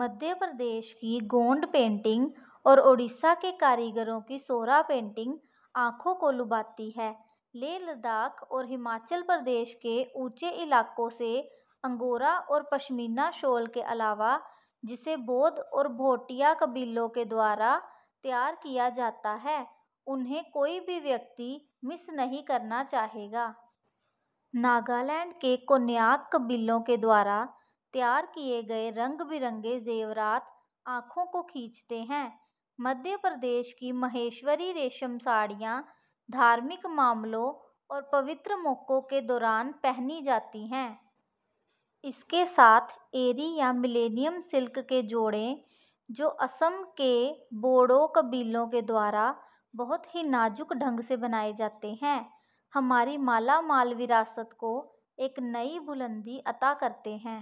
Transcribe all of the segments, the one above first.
مدھیہ پردیش کی گوند پینٹنگ اور اوڈیشہ کے کاریگروں کی سورا پینٹنگ آنکھوں کو لبھاتی ہیں۔ لیہہ لداخ اور ہماچل پردیش کے اونچے علاقوں سے انگورا اور پشمینہ شال کے علاوہ جسے بودھ اور بھوٹیا قبائل کے ذریعہ تیار کیا جاتا ہے انہیں کوئی بھی شخص مس نہیں کرنا چاہے گا۔ ناگالینڈ کے کون یاک قبائل کے ذریعہ تیار کیے گئے رنگ برنگے زیورات آنکھوں کو خیرہ کرتے ہیں۔ مدھیہ پردیش کی مہیشوری ریشم ساڑیاں مذہبی امور اور مقدس موقعوں کے دوران پہنی جاتی ہیں۔ اس کے ساتھ ایری یا ملینئم سلک کے جوڑے جو آسام کے بوڈو قبائل کے ذریعہ بہت ہی نازک ڈھنگ سے بنائے جاتے ہیں ہماری مالا مال وراثت کو ایک نئی بلندی عطا کرتے ہیں۔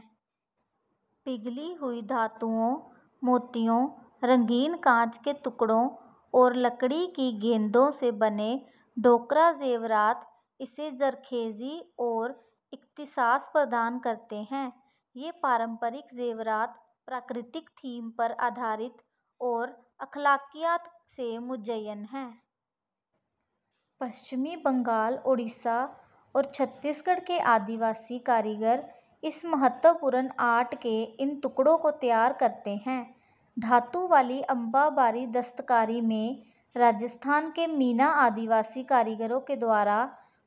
پگھلی ہوئی دھاتوں موتیوں رنگین کانچ کے ٹکڑوں اور لکڑی کی گیندوں سے بنے ڈھوکرا زیورات اسے زرخیزی اور اختصاص فراہم کرتے ہیں۔ یہ روایتی زیورات قدرتی تھیم پر مبنی اور اخلاقیات سے مزین ہیں۔ مغربی بنگال اوڈیشہ اور چھتیس گڑھ کے قبائلی کاریگر اس اہم آرٹ کے ان ٹکڑوں کو تیار کرتے ہیں۔ دھات والی امبا باری دستکاری میں راجستھان کے مینا قبائلی کاریگروں کے ذریعہ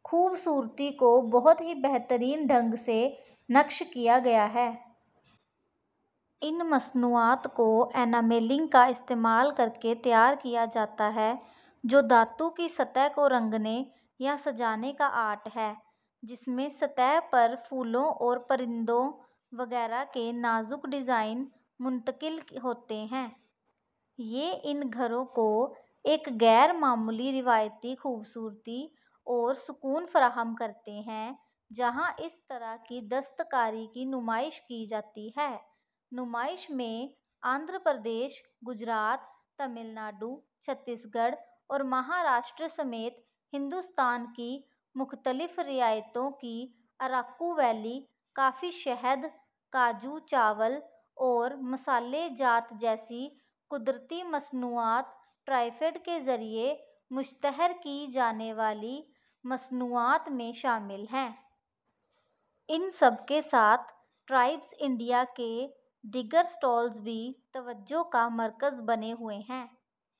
خوبصورتی کو بہت ہی بہترین ڈھنگ سے نقش کیا گیا ہے۔ ان مصنوعات کو اینامیلنگ کا استعمال کر کے تیار کیا جاتا ہے جو دھات کی سطح کو رنگنے یا سجانے کا آرٹ ہے جس میں سطح پر پھولوں اور پرندوں وغیرہ کے نازک ڈیزائن منسلک ہوتے ہیں۔ یہ ان گھروں کو ایک غیر معمولی روایتی خوبصورتی اور سکون فراہم کرتے ہیں جہاں اس طرح کی دستکاری کی نمائش کی جاتی ہے۔ نمائش میں آندھرا پردیش گجرات تمل ناڈو چھتیس گڑھ اور مہاراشٹر سمیت ہندوستان کی مختلف ریاستوں کی اراکو ویلی کافی شہد کاجو چاول اور مصالحہ جات جیسی قدرتی مصنوعات ٹرائفیڈ کے ذریعہ مشتہر کی جانے والی مصنوعات میں شامل ہیں۔ ان سب کے ساتھ ٹرائبس انڈیا کے دیگر اسٹالز بھی توجہ کا مرکز بنے ہوئے ہیں۔